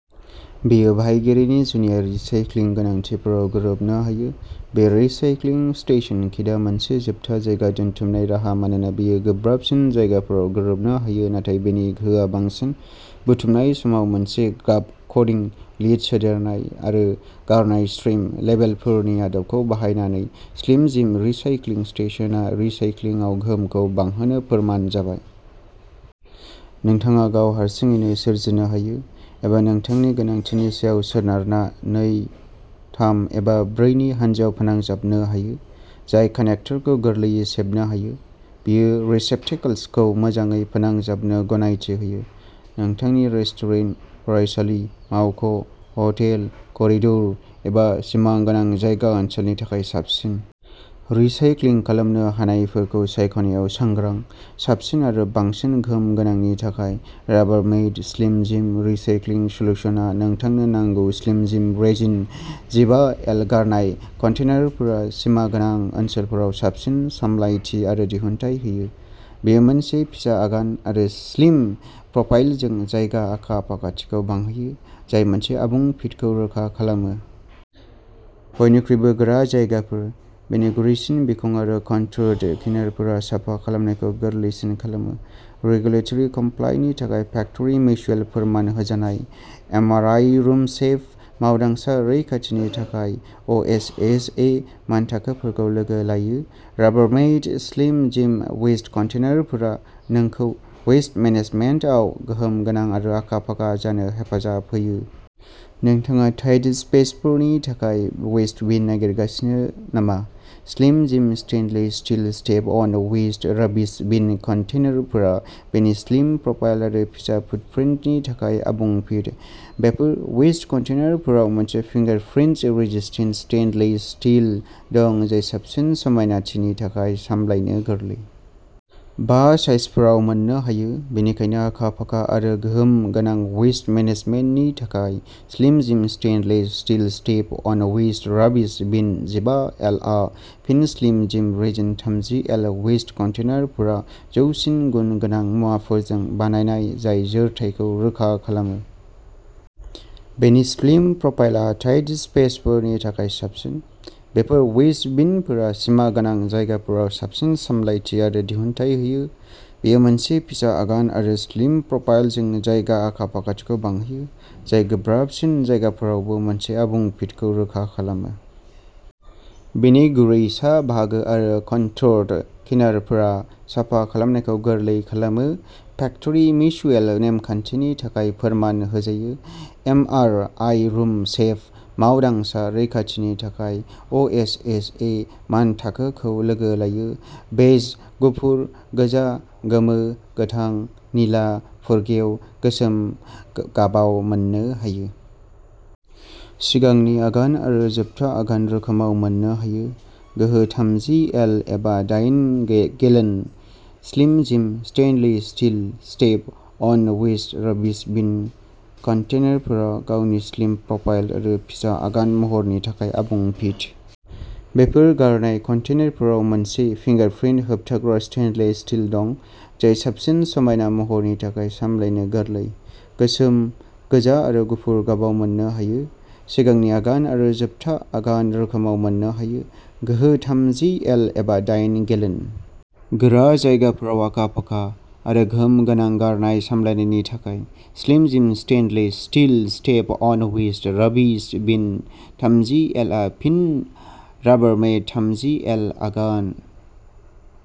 बेयो बाहायगिरिनि जुनिया रिसाइक्लिं गोनांथिफोराव गोरोबनो हायो। बे रिसाइक्लिं स्टेशन किटआ मोनसे जोबथा जायगा दोनथुमनाय राहा मानोना बेयो गोब्राबसिन जायगाफोराव गोरोबनो हायो नाथाय बेनि गोहोआ बांसिन। बुथुमनाय समाव रोखोमसे गाब क'डिं, लिद सोदेरनाय आरो गारनाय स्ट्रिम लेबेलफोरनि आदबखौ बाहायनानै, स्लिम जिम रिसाइक्लिं स्टेशनआ रिसाइक्लिंआव गोहोमखौ बांहोनो फोरमान जाबाय। नोंथाङा गाव हारसिङैनो सोरजिनो हायो, एबा नोंथांनि गोनांथिनि सायाव सोनारना नै, थाम एबा ब्रैनि हानजायाव फोनांजाबनो हायो। जाय कानेक्टरखौ गोरलैयै सेबनो हायो, बेयो रिसेप्टेकल्सखौ मोजाङै फोनांजाबनो गनायथि होयो। नोंथांनि रेस्टुरेन्ट, फरायसालि, मावख', हटेल, करिडर, एबा सिमागोनां जायगा ओनसोलनि थाखाय साबसिन। रिसाइक्लिं खालामनो हानायफोरखौ सायख'नायाव सांग्रां, साबसिन आरो बांसिन गोहोम गोनांनि थाखाय, राबारमेड स्लिम जिम रिसाइक्लिं सल्युशनआ नोंथांनो नांगौ स्लिम जिम रेजिन जिबा एल गारनाय कन्टेनारफोरा सिमागोनां ओनसोलफोराव साबसिन सामलायथि आरो दिहुनथाइ होयो। बेयो मोनसे फिसा आगान आरो स्लिम प्रफाइलजों जायगा आखा फाखाथिखौ बांहोयो, जाय मोनसे आबुं फिटखौ रोखा खालामो। बयनिख्रुइबो गोरा जायगाफोर। बेनि गुरैसिन बिखं आरो कनटर्ड किनारफोरा साफा खालामनायखौ गोरलैसिन खालामो। रेगुलेटरि कमप्लायनि थाखाय फेक्टरि मिउचुएल फोरमान होजानाय। M R I room safe. मावदांसा रैखाथिनि थाखाय अ एस एच ए मानथाखोफोरखौ लोगो लायो। राबारमेड स्लिम जिम वेस्ट कन्टेनारफोरा नोंखौ वेस्ट मेनेजमेन्टाव गोहोम गोनां आरो आखा-फाखा जानो हेफाजाब होयो। नोंथाङा टाइट स्पेसफोरनि थाखाय वेस्ट बिन नागिरगासिनो नामा? Slim Jim stainless steel step on waste rubbish bin कन्टेनारफोरा बेनि स्लिम प्रफाइल आरो फिसा फुटप्रिन्टनि थाखाय आबुं फिट। बेफोर वेस्ट कन्टेनारफोराव मोनसे फिंगारप्रिन्ट रेजिस्टेन्ट स्टेइनलेस स्टील दं जाय साबसिन समायनाथिनि थाखाय सामलायनो गोरलै। बा साइजफोराव मोननो हायो। बेनिखायनो आखा-फाखा आरो गोहोम गोनां वेस्ट मेनेजमेन्टनि थाखाय, Slim Jim stainless steel step on waste rubbish bin जिबा एलआ फिन स्लिम जिम रेजिन थामजि एल वेस्ट कन्टेनारफोरा जौसिन गुन गोनां मुवाफोरजों बानायनाय जाय जोरथाइखौ रोखा खालामो। बेनि स्लिम प्रफाइलआ टाइट स्पेसफोरनि थाखाय साबसिन। बेफोर वेस्ट बिनफोरा सिमागोनां जायगाफोराव साबसिन सामलायथि आरो दिहुनथाइ होयो। बेयो मोनसे फिसा आगान आरो स्लिम प्रफाइलजों जायगा आखा-फाखाथिखौ बांहोयो, जाय गोब्राबसिन जायगाफोरावबो मोनसे आबुं फिटखौ रोखा खालामो। बेनि गुरै सा बाहागो आरो कनटर्ड किनारफोरा साफा खालामनायखौ गोरलै खालामो। फेक्टरि मिउचुएलआ नेमखान्थिनि थाखाय फोरमान होजायो। M R I room safe. मावदांसा रैखाथिनि थाखाय अ एस एच ए मानथाखोखौ लोगो लायो। बेज, गुफुर, गोजा, गोमो, गोथां, निला, फुरगेव, गोसोम गाबाव मोननो हायो। सिगांनि आगान आरो जोबथा आगान रोखोमाव मोननो हायो। गोहो थामजि एल एबा दायेन gallon. Slim Jim stainless steel step on waste rubbish bin कन्टेनारफोरा गावनि स्लिम प्रफाइल आरो फिसा आगान महरनि थाखाय आबुं फिट। बेफोर गारनाय कन्टेनारफोराव मोनसे फिंगारप्रिन्ट होबथाग्रा स्टेइनलेस स्टील दं, जाय साबसिन समायना महरनि थाखाय सामलायनो गोरलै। गोसोम, गोजा आरो गुफुर गाबाव मोननो हायो। सिगांनि आगान आरो जोबथा आगान रोखोमाव मोननो हायो। गोहो थामजि एल एबा दाइन गेलेन। गोरा जायगाफोराव आखा-फाखा आरो गोहोम गोनां गारनाय सामलायनायनि थाखाय, Slim Jim stainless steel step on waste rubbish bin थामजि एलआ फिन राबारमेड थामजि एल आगान,